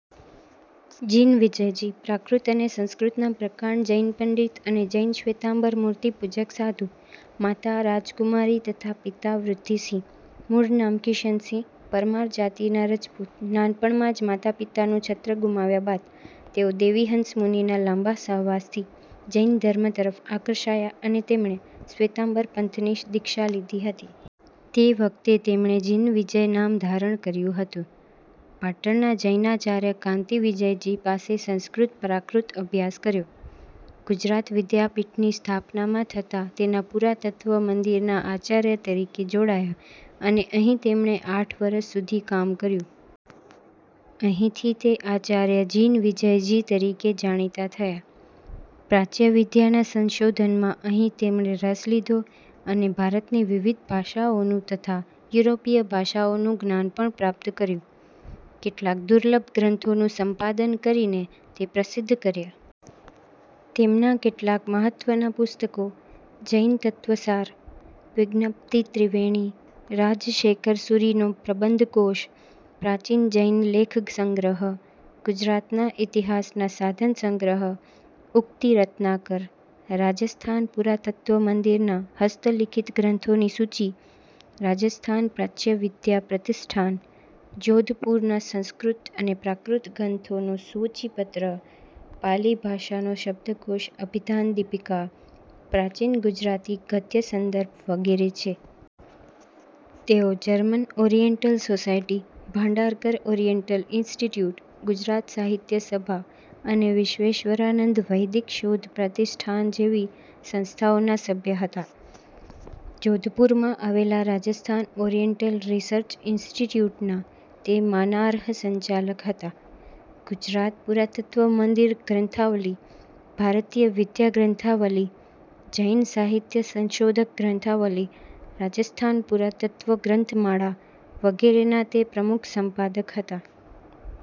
જિનવિજયજી: પ્રાકૃત અને સંસ્કૃતના પ્રકાંડ જૈન પંડિત અને જૈન શ્વેતાંબર મૂર્તિપૂજક સાધુ. માતા રાજકુમારી તથા પિતા વૃદ્ધિસિંહ. મૂળ નામ કિશનસિંહ. પરમાર જાતિના રજપૂત. નાનપણમાં જ માતાપિતાનું છત્ર ગુમાવ્યા બાદ તેઓ દેવીહંસ મુનિના લાંબા સહવાસથી જૈન ધર્મ તરફ આકર્ષાયા અને તેમણે શ્વેતાંબર પંથની દીક્ષા લીધી હતી. તે વખતે તેમણે જિનવિજય નામ ધારણ કર્યું હતું. પાટણના જૈનાચાર્ય કાન્તિવિજયજી પાસે સંસ્કૃત-પ્રાકૃત અભ્યાસ કર્યો. ગૂજરાત વિદ્યાપીઠની સ્થાપના માં થતાં તેના પુરાતત્ત્વ મંદિરના આચાર્ય તરીકે જોડાયા અને અહીં તેમણે આઠ વરસ સુધી કામ કર્યું. અહીંથી તે આચાર્ય જિનવિજયજી તરીકે જાણીતા થયા. પ્રાચ્ય વિદ્યાના સંશોધનમાં અહીં તેમણે રસ લીધો અને ભારતની વિવિધ ભાષાઓનું તથા યુરોપીય ભાષાઓનું જ્ઞાન પણ પ્રાપ્ત કર્યું. કેટલાક દુર્લભ ગ્રંથોનું સંપાદન કરીને તે પ્રસિદ્ધ કર્યા. તેમનાં કેટલાંક મહત્ત્વનાં પુસ્તકો: જૈનતત્ત્વસાર, વિજ્ઞપ્તિત્રિવેણી, રાજશેખરસૂરિનો પ્રબંધકોશ, પ્રાચીન જૈન લેખસંગ્રહ, ગુજરાતના ઇતિહાસના સાધનસંગ્રહ, ઉક્તિ રત્નાકર, રાજસ્થાન પુરાતત્ત્વમંદિરના હસ્તલિખિત ગ્રંથોની સૂચિ, રાજસ્થાન પ્રાચ્યવિદ્યા પ્રતિષ્ઠાન, જોધપુરના સંસ્કૃત અને પ્રાકૃત ગ્રંથોનું સૂચિપત્ર, પાલિ ભાષાનો શબ્દકોશ 'અભિધાનદીપિકા', પ્રાચીન ગુજરાતી ગદ્યસંદર્ભ વગેરે છે. તેઓ German Oriental Society, Bhandarkar Oriental Institute, Gujarat Sahitya Sabha અને વિશ્વેશ્વરાનંદ વૈદિક શોધ પ્રતિષ્ઠાન જેવી સંસ્થાઓના સભ્ય હતા. જોધપુરમાં આવેલા રાજસ્થાન ઓરિયેન્ટલ રિસર્ચ ઇન્સ્ટિટ્યૂટના તે માનાર્હ સંચાલક હતા. ગુજરાત પુરાતત્ત્વ મંદિર ગ્રંથાવલિ, ભારતીય વિદ્યા ગ્રંથાવલિ, જૈન સાહિત્ય સંશોધક ગ્રંથાવલિ, રાજસ્થાન પુરાતત્ત્વ ગ્રંથમાળા વગેરેના તે પ્રમુખ સંપાદક હતા.